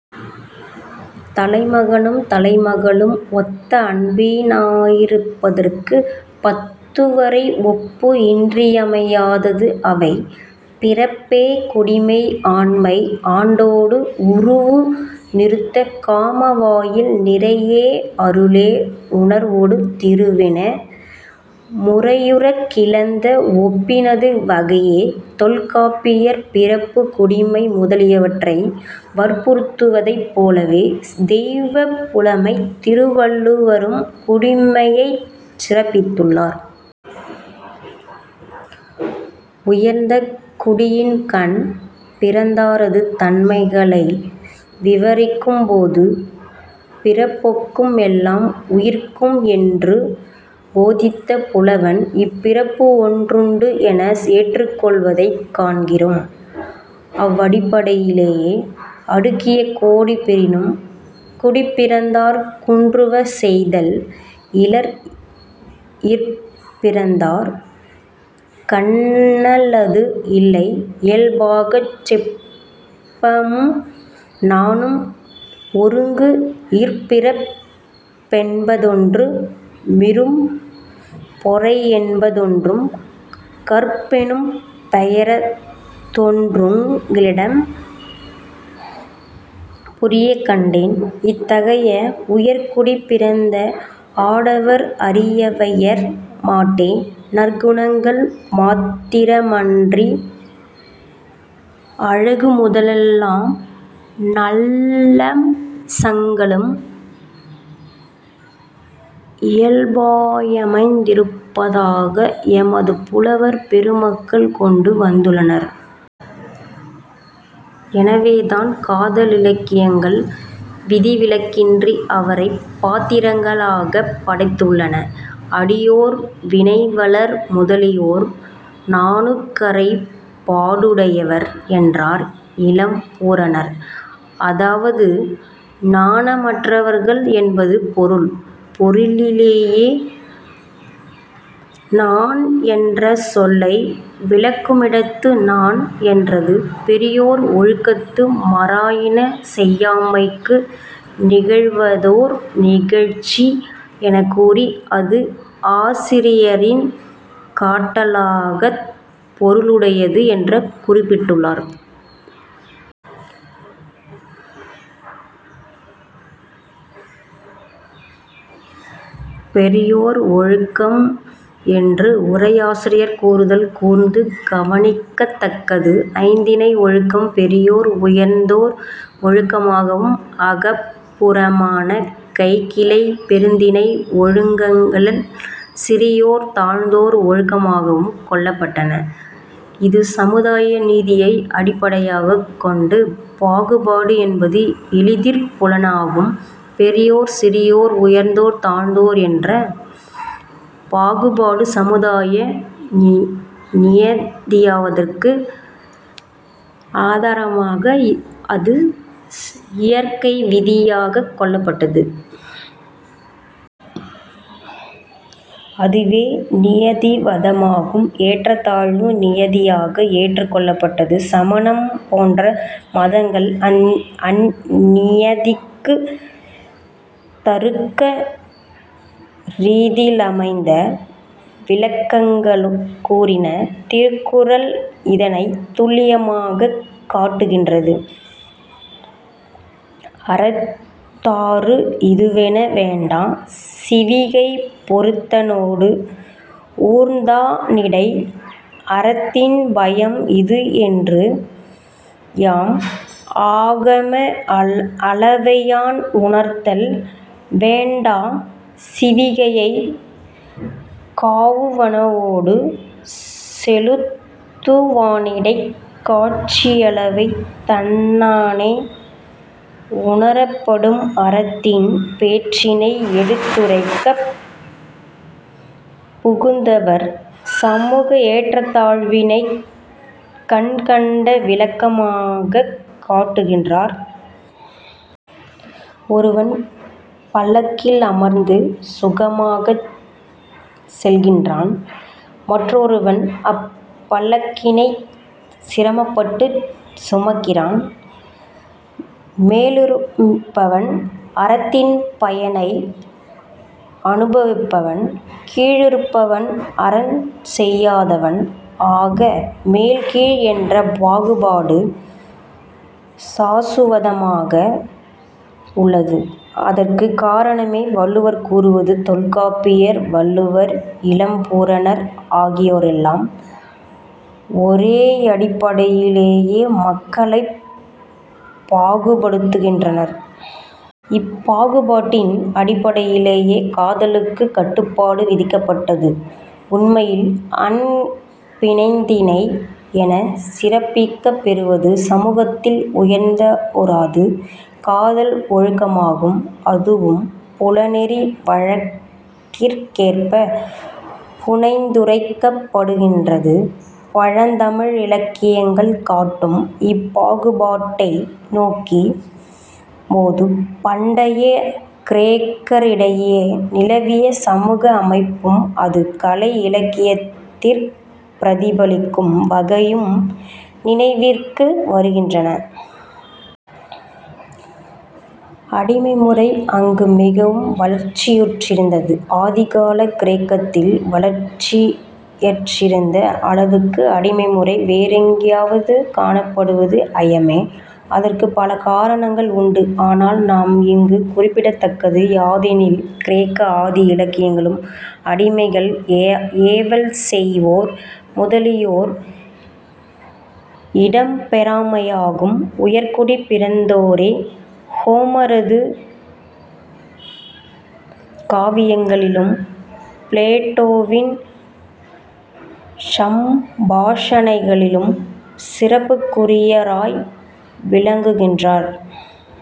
தலைமகனும் தலைமகளும் ஒத்த அன்பினாயிருப்பதற்குப் பத்துவரை ஒப்பு இன்றியமையாதது. அவை, பிறப்பே குடிமை ஆண்மை ஆண்டொடு உருவு நிறுத்த காம வாயில் நிறையே அருளே உணர்வொடு திருவென முறையுறக் கிளந்த ஒப்பினது வகையே தொல்காப்பியர் பிறப்பு, குடிமை முதலியவற்றை வற்புறுத்துவதைப் போலவே, தெய்வப் புலமைத் திருவள்ளுவரும், குடிமையைச் சிறப்பித்துள்ளார். உயர்ந்த குடியின்கண் பிறந்தாரது தன்மைகளை விவரிக்கும்போது, "பிறப்பொக்கும் எல்லா உயிர்க்கும்" என்று போதித்த புலவன், 'இப்பிறப்பு ஒன்றுண்டு' என ஏற்றுக் கொள்வதைக் காண்கிறோம். அவ்வடிப்படையிலேயே "அடுக்கிய கோடி பெறினும் குடிப்பிறந்தார் குன்றுவ செய்தல் இலர்" "இற்பிறந்தார் கண்ணல்லது இல்லை இயல்பாகச் செப்பமும் நாணும் ஒருங்கு" "இற்பிறப் பென்பதொன்று மிரும்பொறை யென்பதொன்றும் கற்பெனும் பெயர தொன்றுங் களிநடம் புரியக் கண்டேன்" இத்தகைய உயர்குடிப்பிறந்த ஆடவர் அரிவையர் மாட்டே, நற்குணங்கள், மாத்திரமன்றி அழகு முதலாம் நல்லம்சங்களும் இயல்பாயமைந்திருப்பதாக எமது புலவர் பெருமக்கள் கொண்டு வந்துள்ளனர். எனவேதான் காதலிலக்கியங்கள் விதிவிலக்கின்றி அவரைப் பாத்திரங்களாகப் படைத்துள்ளன. அடியோர், வினைவலர் முதலியோர் 'நாணுக்கறை பாடுடையவர்' என்றார் இளம்பூரணர். அதாவது நாணமற்றவர்கள் என்பது பொருள். பொருளியலிலே 'நாண்' என்ற சொல்லை விளக்குமிடத்து, "நாண் என்றது-பெரியோர் ஒழுக்கத்து மாறாயின செய்யாமைக்கு நிகழ்வதோர் நிகழ்ச்சி" எனக்கூறி, அது ஆசிரியன் காட்டலாகாத பொருளுடையது என்று குறிப்பிட்டுள்ளார். 'பெரியோர் ஒழுக்கம்' என்று உரையாசிரியர் கூறுதல் கூர்ந்து கவனிக்கத்தக்கது. ஐந்திணை ஒழுக்கம் பெரியோர் உயர்ந்தோர்- ஒழுக்கமாகவும், அகப்புறமான கைக்கிளை பெருந்திணை ஒழுக்கங்கள் சிறியோர்-தாழ்ந்தோர் ஒழுக்கமாகவும் கொள்ளப்பட்டன. இது சமுதாய நீதியை அடிப்படையாகக் கொண்ட பாகுபாடு என்பது எளிதிற் புலனாகும். பெரியோர்-சிறியோர், உயர்ந்தோர் தாழ்ந்தோர், என்ற பாகுபாடு சமுதாய நியதியாவதற்கு ஆதாரமாக அது இயற்கை விதியாகக் கொள்ளப்பட்டது. அதுவே நியதிவாதமாகும். ஏற்றத்தாழ்வு நியதியாக ஏற்றுக்கொள்ளப்பட்டது. சமணம் போன்ற மதங்கள் அந்நியதிக்குத் தருக்க ரீதியிலமைந்த விளக்கங்களுங் கூறின. திருக்குறள் இதனைத் துல்லியமாகக் காட்டுகீன்றது: "அறத்தாறு இதுவென வேண்டா சிவிகை பொறுத்தானோடு ஊர்ந்தா னிடை" "அறத்தின் பயன் இது என்று யாம் ஆகம அளவையான் உணர்த்தல் வேண்டா; சிவிகையைக் காவுவானோடு செலுத்துவானிடைக் காட்சியளவை தன்னானே உணரப்படும்" அறத்தின் பேற்றினை எடுத்துரைக்கப் புகுந்தவர் சமூக ஏற்றத்தாழ்வினைக் கண்கண்ட விளக்கமாகக் காட்டுகின்றார். ஒருவன் பல்லக்கில் அமர்ந்து சுகமாகச் செல்கின்றான். மற்றொருவன் அப்பல்லக்கினைச் சிரமப்பட்டுச் சுமக்கிறான். மேலிருப்பவன் அறத்தின் பயனை அனுபவிப்பவன். கீழிருப்பவன் அறஞ்செய்யாதவன். ஆக, மேல், கீழ் என்ற பாகுபாடு சாசுவதமாக உள்ளது. அதற்குக் காரணமே வள்ளுவர் கூறுவது. தொல்காப்பியர், வள்ளுவர், இளம்பூரணர், ஆகியோரெல்லாம் ஒரேயடிப்படையிலேயே மக்களைப் பாகுபடுத்துகின்றனர். இப்பாகுபாட்டின் அடிப்படையிலேயே காதலுக்குக் கட்டுப்பாடு விதிக்கப்பட்டது. உண்மையில் அன்பினைந்திணை எனச் சிறப்பிக்கப்பெறுவது சமூகத்தில் உயர்ந்தோரது காதல் ஒழுக்கமாகும். அதுவும் புலனெறி வழக்கிற்கேற்பப் புனைந்துரைக்கப்படுகின்றது. பழந்தமிழிலக்கியங்கள் காட்டும் இப்பாகுபாட்டை நோக்கும் போது, பண்டைய கிரேக்கரிடையே நிலவிய சமூக அமைப்பும், அது கலை இலக்கியத்திற் பிரதிபலிக்கும் வகையும் நினைவிற்கு வருகின்றன. அடிமைமுறை அங்கு மிகவும் வளர்ச்சியுற்றிருந்தது. ஆதிகாலக் கிரேக்கத்தில் வளர்ச்சி யற்றிருந்த அளவுக்கு அடிமைமுறை வேறெங்கேயாவது காணப்படுவது ஐயமே. அதற்குப் பல காரணங்கள் உண்டு. ஆனால் நாம் இங்குக் குறிப்பிடத்தக்கது யாதெனில் கிரேக்க ஆதி இலக்கியங்களிலும் அடிமைகள், ஏவல் செய்வோர் முதலியோர் இடம் பெறாமையாகும். உயர்குடிப் பிறந்தோரே ஹோமரது காவியங்களிலும் பிளேட்டோவின் சம்பாஷணைகளிலும் சிறப்புக்குரியராய் விளங்குகின்றார்.